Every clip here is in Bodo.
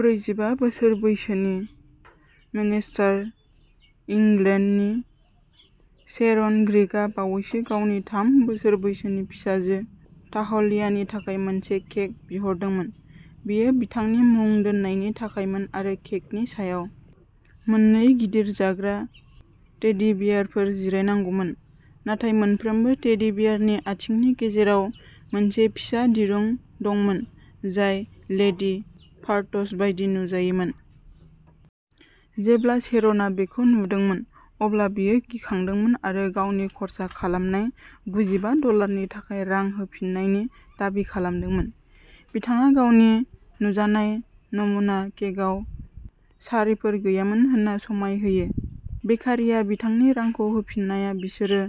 ब्रैजिबा बोसोर बैसोनि मेनचेस्टार, इंलेन्डनि शेरन ग्रीनआ बावैसो गावनि थाम बोसोर बैसोनि फिसाजो ताहलियानि थाखाय मोनसे केक बिहरदोंमोन। बेयो बिथांनि मुं दोननायनि थाखायमोन आरो केकनि सायाव मोननै गिदिर जाग्रा टेडी बियारफोर जिरायनांगौमोन। नाथाय मोनफ्रोमबो टेडी बियारनि आथिंनि गेजेराव मोनसे फिसा दिरुं दंमोन, जाय लेदि पार्ट्स बायदि नुजायोमोन। जेब्ला शेरनआ बेखौ नुदोंमोन, अब्ला बियो गिखांदोंमोन आरो गावनि खर्सा खालामनाय गुजिबा डलारनि थाखाय रां होफिन्नायनि दाबि खालामदोंमोन। बिथाङा गावनि नुजानाय नमुना केकआव सारिफोर गैयामोन होन्ना समाय होयो। बेकारीया बिथांनि रांखौ होफिन्नाया बिसोरो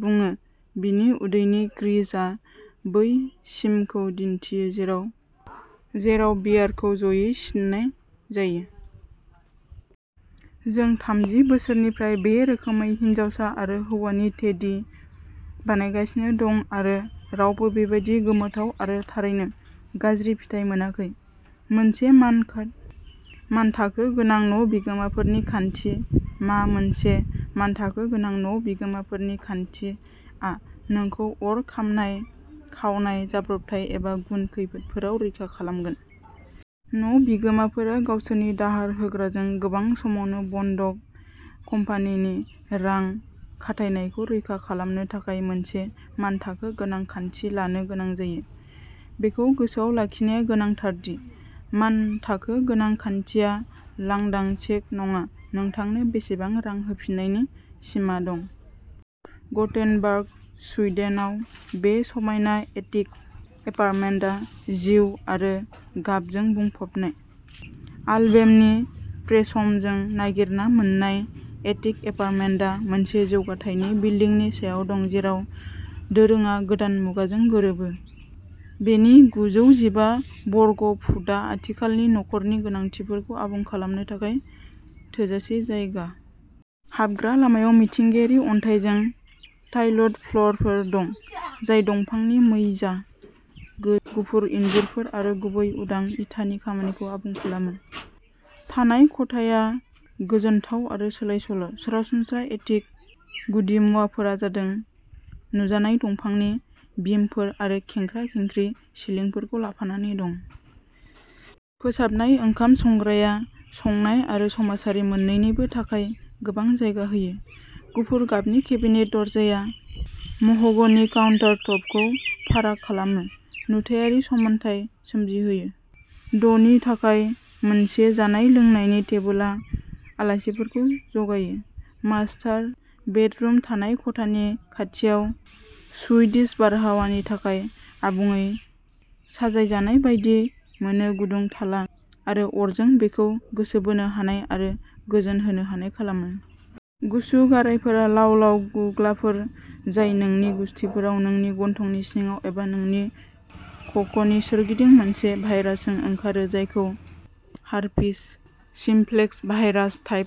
बुङो, बिनि उदैनि क्रिजआ बै सिमखौ दिन्थियो जेराव जेराव बियारखौ ज'यै सिन्नाय जायो। जों थामजि बोसोरनिफ्राय बे रोखोमै हिनजावसा आरो हौवानि टेडी बानायगासिनो दं आरो रावबो बेबादि गोमोथाव आरो थारैनो गाज्रि फिथाइ मोनाखै। मोनसे मानखान मानथाखो गोनां न'बिगोमाफोरनि खान्थि मा मोनसे मानथाखो गोनां न'बिगोमाफोरनि खान्थि आ नोंखौ अर खामनाय, खावनाय, जाब्रबथाय एबा गुबुन खैफोदफोराव रैखा खालामगोन। न'बिगोमाफोरा गावसोरनि दाहार होग्राजों गोबां समावनो बन्दक कम्पानिनि रां खाथायनायखौ रैखा खालामनो थाखाय मोनसे मानथाखो गोनां खान्थि लानो गोनां जायो। बेखौ गोसोआव लाखिनाया गोनांथार दि मानथाखो गोनां खान्थिया लांदां चेक नङा-नोंथांनो बेसेबां रां होफिन्नायनि सिमा दं। गथेनबार्ग, सुइडेनआव बे समायना एटिक एपार्टमेन्टआ जिउ आरो गाबजों बुंफबनाय। आलभेमनि फ्रेश'मजों नागिरना मोन्नाय, एटिक एपार्टमेन्टआ मोनसे जौथाइनि बिल्डिंनि सायाव दं जेराव दोरोङा गोदान मुगाजों गोरोबो। बेनि गुजौ जिबा बर्ग फुटआ आथिखालनि नखरनि गोनांथिफोरखौ आबुं खालामनो थाखाय थोजासे जायगा। हाबग्रा लामायाव मिथिंगायारि अन्थाइजों टाइलड फ्लोरफोर दं, जाय दंफांनि मैजा, गोजों गो गुफुर इनजुरफोर आरो गुबै उदां इटानि खामानिखौ आबुं खालामो। थानाय खथाया गोजोनथाव आरो सोलायसोल'। सरासनस्रा एटिक गुदिमुवाफोरा जादों नुजानाय दंफांनि बिमफोर आरो खेंख्रा-खेंख्रि सिलिंफोरखौ लाफानानै दं। फोसाबनाय ओंखाम संग्राया संनाय आरो समाजारि मोन्नैनिबो थाखाय गोबां जायगा होयो। गुफुर गाबनि केबिनेट दरजाया मह'गनि काउन्टारटपखौ फाराग खालामो, नुथायारि समानथाय सोमजिहोयो। द'नि थाखाय मोनसे जानाय-लोंनायनि टेबोलआ आलासिफोरखौ जगायो। मास्टार बेडरुम, थानाय खथानि खाथियाव, सुइडिश बारहावानि थाखाय आबुङै साजायजानाय बायदि मोनो गुदुं थाला आरो अरजों बेखौ गोसो बोनो हानाय आरो गोजोन होनो हानाय खालामो। गुसु गारायफोरा लाव-लाव गुग्लाफोर जाय नोंनि गुसथिफोराव, नोंनि गन्थंनि सिङाव एबा नोंनि खख'नि सोरगिदिं मोनसे भाइरासजों ओंखारो जायखौ हार्पिस सिम्प्लेक्स भाइरास टाइप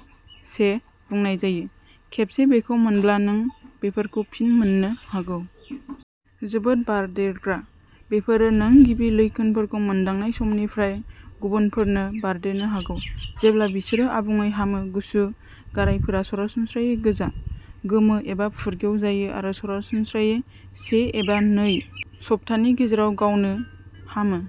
से बुंनाय जायो। खेबसे बेखौ मोनब्ला, नों बेफोरखौ फिन मोननो हागौ। जोबोद बारदेरग्रा, बेफोरो नों गिबि लैखोनफोरखौ मोनदांनाय समनिफ्राय गुबुनफोरनो बारदेरनो हागौ, जेब्ला बिसोरो आबुङै हामो गुसु गारायफोरा सरासनस्रायै गोजा, गोमो एबा फुरगेव जायो आरो सरासनस्रायै से एबा नै सप्तानि गेजेराव गावनो हामो।